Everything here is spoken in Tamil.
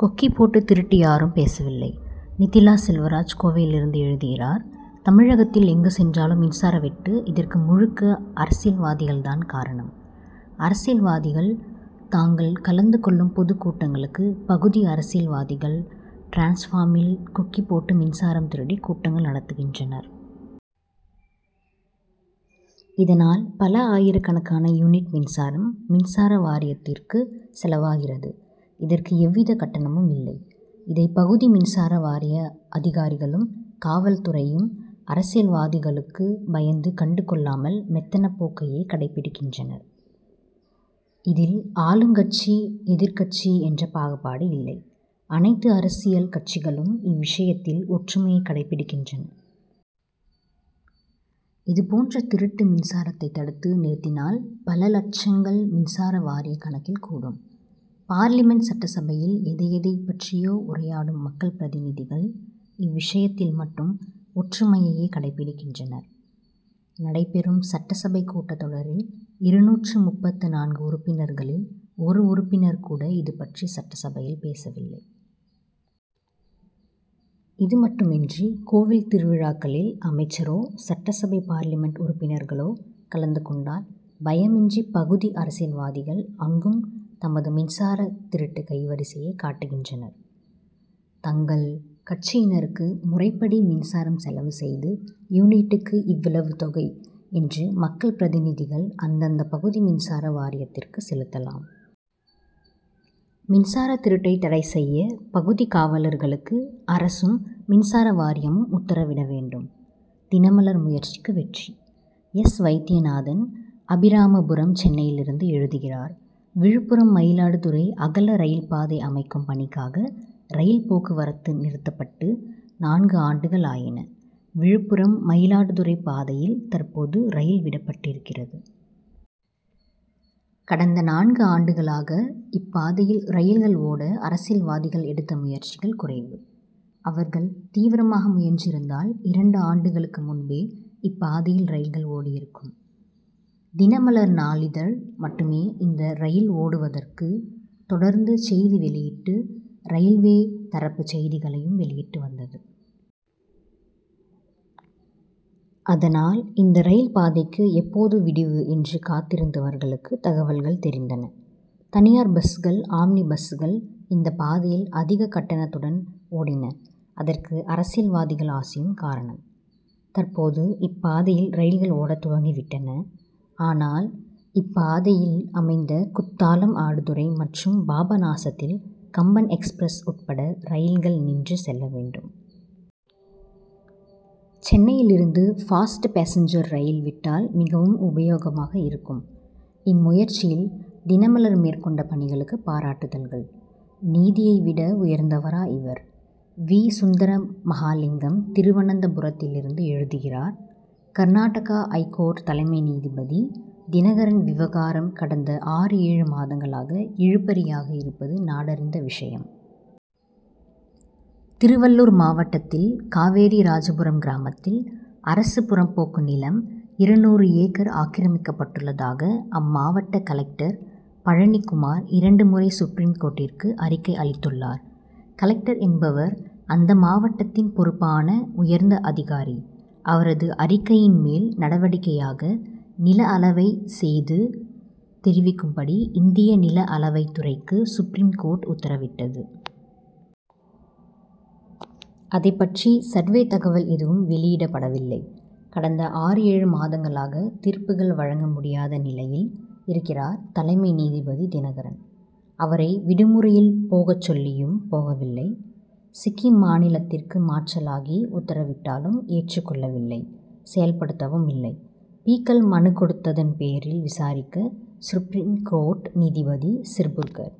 கொக்கி போட்டு திருட்டு யாரும் பேசவில்லை! நித்திலா செல்வராஜ் கோவையிலிருந்து எழுதுகிறார் தமிழகத்தில் எங்கு சென்றாலும் மின்சார வெட்டு இதற்கு முழுக்க அரசியல்வாதிகள் தான் காரணம். அரசியல்வாதிகள் தாங்கள் கலந்து கொள்ளும் பொதுக் கூட்டங்களுக்கு பகுதி அரசியல்வாதிகள் டிரான்ஸ்பார்மில் கொக்கி போட்டு மின்சாரம் திருடி கூட்டங்கள் நடத்துகின்றனர். இதனால் பல ஆயிரக்கணக்கான யூனிட் மின்சாரம் மின்சார வாரியத்திற்கு செலவாகிறது இதற்கு எவ்வித கட்டணமும் இல்லை. இதை பகுதி மின்சார வாரிய அதிகாரிகளும் காவல் துறையும் அரசியல்வாதிகளுக்கு பயந்து கண்டு கொள்ளாமல் மெத்தன போக்கையே கடைபிடிக்கின்றனர். இதில் ஆளுங்கட்சி எதிர்க்கட்சி என்ற பாகுபாடு இல்லை. அனைத்து அரசியல் கட்சிகளும் இவ்விஷயத்தில் ஒற்றுமையை கடைபிடிக்கின்றன. இதுபோன்ற திருட்டு மின்சாரத்தை தடுத்து நிறுத்தினால் பல லட்சங்கள் மின்சார வாரிய கணக்கில் கூடும். பார்லிமென்ட் சட்டசபையில் எதை எதைப் பற்றியோ உரையாடும் மக்கள் பிரதிநிதிகள் இவ்விஷயத்தில் மட்டும் ஒற்றுமையையே கடைபிடிக்கின்றனர். நடைபெறும் சட்டசபை கூட்டத் தொடரில் இருநூற்று முப்பத்து நான்கு உறுப்பினர்களில் ஒரு உறுப்பினர் கூட இதுபற்றி சட்டசபையில் பேசவில்லை. இதுமட்டுமன்றி கோவில் திருவிழாக்களில் அமைச்சரோ சட்டசபை பார்லிமென்ட் உறுப்பினர்களோ கலந்து கொண்டால் பயமின்றி பகுதி அரசியல்வாதிகள் அங்கும் தமது மின்சார திருட்டு கைவரிசையை காட்டுகின்றனர். தங்கள் கட்சியினருக்கு முறைபடி மின்சாரம் செலவு செய்து யூனிட்டுக்கு இவ்வளவு தொகை என்று மக்கள் பிரதிநிதிகள் அந்தந்த பகுதி மின்சார வாரியத்திற்கு செலுத்தலாம். மின்சார திருட்டை தடை செய்ய பகுதி காவலர்களுக்கு அரசும் மின்சார வாரியமும் உத்தரவிட வேண்டும். தினமலர் முயற்சிக்கு வெற்றி! எஸ். வைத்தியநாதன் அபிராமபுரம் சென்னையிலிருந்து எழுதுகிறார் விழுப்புரம் மயிலாடுதுறை அகல ரயில்பாதை அமைக்கும் பணிக்காக ரயில் போக்குவரத்து நிறுத்தப்பட்டு நான்கு ஆண்டுகள் ஆயின. விழுப்புரம் மயிலாடுதுறை பாதையில் தற்போது ரயில் விடப்பட்டிருக்கிறது. கடந்த நான்கு ஆண்டுகளாக இப்பாதையில் ரயில்கள் ஓட அரசியல்வாதிகள் எடுத்த முயற்சிகள் குறைவு. அவர்கள் தீவிரமாக முயன்றிருந்தால் இரண்டு ஆண்டுகளுக்கு முன்பே இப்பாதையில் ரயில்கள் ஓடியிருக்கும். தினமலர் நாளிதழ் மட்டுமே இந்த ரயில் ஓடுவதற்கு தொடர்ந்து செய்தி வெளியிட்டு ரயில்வே தரப்பு செய்திகளையும் வெளியிட்டு வந்தது. அதனால் இந்த ரயில் பாதைக்கு எப்போது விடிவு என்று காத்திருந்தவர்களுக்கு தகவல்கள் தெரிந்தன. தனியார் பஸ்கள் ஆம்னி பஸ்கள் இந்தப் பாதையில் அதிக கட்டணத்துடன் ஓடின அதற்கு அரசியல்வாதிகள் ஆசியும் காரணம். தற்போது இப்பாதையில் ரயில்கள் ஓடத் துவங்கி விட்டன. ஆனால் இப்பாதையில் அமைந்த குத்தாலம் ஆடுதுறை மற்றும் பாபநாசத்தில் கம்பன் எக்ஸ்பிரஸ் உட்பட ரயில்கள் நின்று செல்ல வேண்டும். சென்னையில் இருந்து பாஸ்ட் பாசஞ்சர் ரயில் விட்டால் மிகவும் உபயோகமாக இருக்கும். இம்முயற்சியில் தினமலர்மேற்கொண்ட பணிகளுக்கு பாராட்டு தல்கள். நீதியை விட உயர்ந்தவரா இவர்? வீ. சுந்தரம்மகாலிங்கம் திருவனந்தபுரத்திலிருந்து எழுதுகிறார் கர்நாடகா ஐகோர்ட் தலைமை நீதிபதி தினகரன் விவகாரம் கடந்த ஆறு ஏழு மாதங்களாக இழுபறியாக இருப்பது நாடறிந்த விஷயம். திருவள்ளூர் மாவட்டத்தில் காவேரி ராஜபுரம் கிராமத்தில் அரசு புறம்போக்கு நிலம் இருநூறு ஏக்கர் ஆக்கிரமிக்கப்பட்டுள்ளதாக அம் மாவட்ட கலெக்டர் பழனிக் குமார் இரண்டு முறை சுப்ரீம் கோர்ட்டிற்கு அறிக்கை அளித்துள்ளார். கலெக்டர் என்பவர் அந்த மாவட்டத்தின் பொறுப்பான உயர்ந்த அதிகாரி. அவரது அறிக்கையின் மேல் நடவடிக்கையாக நில அளவை செய்து தெரிவிக்கும்படி இந்திய நில அளவைத் துறைக்கு சுப்ரீம் கோர்ட் உத்தரவிட்டது. அதைப் பற்றி சர்வே தகவல் எதுவும் வெளியிடப்படவில்லை. கடந்த ஆறு ஏழு மாதங்களாக தீர்ப்புகள் வழங்க முடியாத நிலையில் இருக்கிறார் தலைமை நீதிபதி தினகரன். அவரை விடுமுறையில் போகச் சொல்லியும் போகவில்லை. சிக்கிம் மாநிலத்திற்கு மாற்றலாகி உத்தரவிட்டாலும் ஏற்றுக் கொள்ளவில்லை செயல்படுத்தவும் இல்லை. பி.க்கள் மனு கொடுத்ததன் பேரில் விசாரிக்க சுப்ரீம் கோர்ட் நீதிபதி சிர்புர்கர்